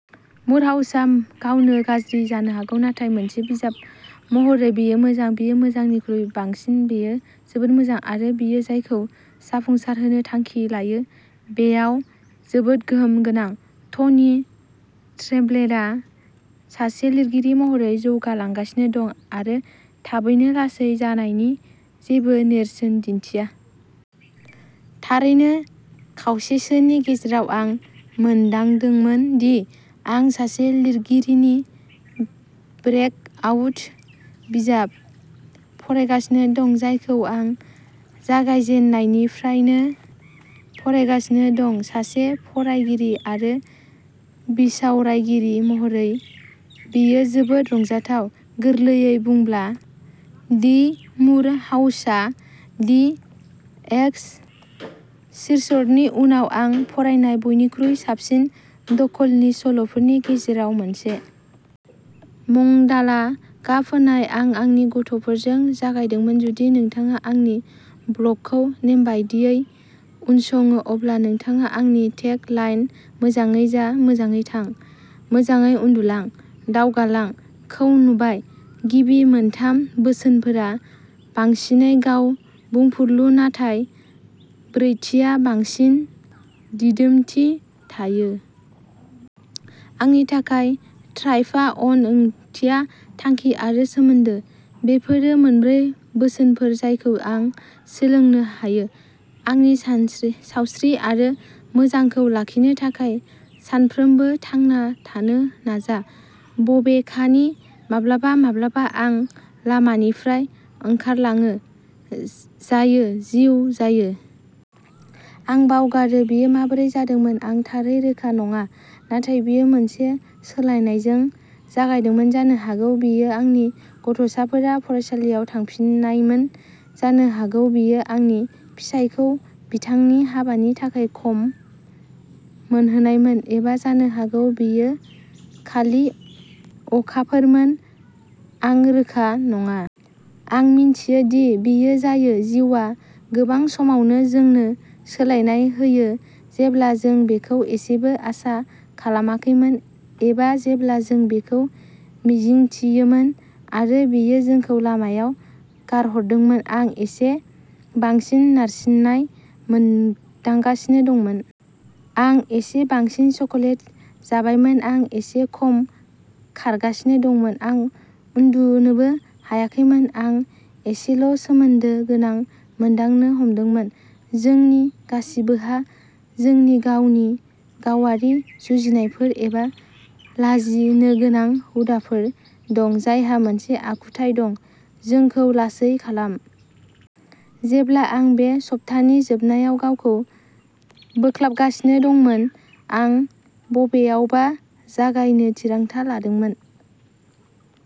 मुर हाउसआ गावनो गाज्रि जानो हागौ, नाथाय मोनसे बिजाब महरै बेयो मोजां। बेयो मोजांनिख्रुइ बांसिन-बेयो जोबोद मोजां, आरो बेयो जायखौ जाफुंसारहोनो थांखि लायो बेयाव जोबोद गोहोम गोनां। टनि ट्रेम्ब्लेआ सासे लिरगिरि महरै जौगालांगासिनो दं आरो थाबैनो लासै जानायनि जेबो नेरसोन दिन्थिया। थारैनो, खावसेसोनि गेजेराव, आं मोनदांदोंमोन दि आं सासे लिरगिरिनि ब्रेकआउट बिजाब फरायगासिनो दं, जायखौ आं जागायजेननायनिफ्रायनो फरायगासिनो दं। सासे फरायगिरि आरो बिसावरायगिरि महरै, बेयो जोबोद रंजाथाव। गोरलैयै बुंब्ला, दि मुर हाउसआ दि एक्स'र्सिस्टनि उनाव आं फरायनाय बयनिख्रुइ साबसिन दखलनि सल'फोरनि गेजेराव मोनसे। मंडाला गाब होनाय आं आंनि गथ'फोरजों जागायदोंमोन। जुदि नोंथाङा आंनि ब्लगखौ नेमबादियै उनसङो, अब्ला नोंथाङा आंनि टेग लाइन "मोजाङै जा। मोजाङै थां। मोजाङै उन्दुला। दावगालां। " खौ नुबाय। गिबि मोनथाम बोसोनफोरा बांसिनै गाव-बुंफुरलु, नाथाय ब्रैथिआ बांसिन दिदोमथि थायो। आंनि थाखाय, थ्राइभ अन ओंथिया थांखि आरो सोमोन्दो। बेफोरो मोनब्रै बोसोनफोर जायखौ आं सोलोंनो हायो। आंनि सावस्रि आरो मोजांखौ लाखिनो थाखाय सानफ्रोमबो थांना थानो नाजा। बबेखानि, माब्लाबा-माब्लाबा आं लामानिफ्राय ओंखारलाङो। जायो। जिउ जायो। आं बावगारो। बेयो माबोरै जादोंमोन? आं थारै रोखा नङा, नाथाय बेयो मोनसे सोलायनायजों जागायदोंमोन। जानो हागौ बेयो आंनि गथ'साफोरा फरायसालियाव थांफिन्नायमोन, जानो हागौ बेयो आंनि फिसायखौ बिथांनि हाबानि थाखाय खम मोनहोनायमोन, एबा जानो हागौ बेयो खालि अखाफोरमोन, आं रोखा नङा। आं मिथियो, दि बेयो जायो। जिउआ गोबां समावनो जोंनो सोलायनाय होयो जेब्ला जों बेखौ एसेबो आसा खालामाखैमोन एबा जेब्ला जों बेखौ मिजिंथियोमोन आरो बेयो जोंखौ लामायाव गारहरदोंमोन। आं एसे बांसिन नारसिननाय मोनदांगासिनो दंमोन। आं एसे बांसिन चकलेट जाबायमोन। आं एसे खम खारगासिनो दंमोन। आं उन्दुनोबो हायाखैमोन। आं एसेल'सोमोन्दो गोनां मोनदांनो हमदोंमोन। जोंनि गासिबोहा जोंनि गावनि गावारि जुजिनायफोर एबा लाजिनोगोनां हुदाफोर दं जायहा मोनसे आखुथाय दं। जोंखौ लासै खालाम। जेब्ला आं बे सप्तानि जोबनायाव गावखौ बोख्लाबगासिनो दंमोन, आं बबेयावबा जागायनो थिरांथा लादोंमोन।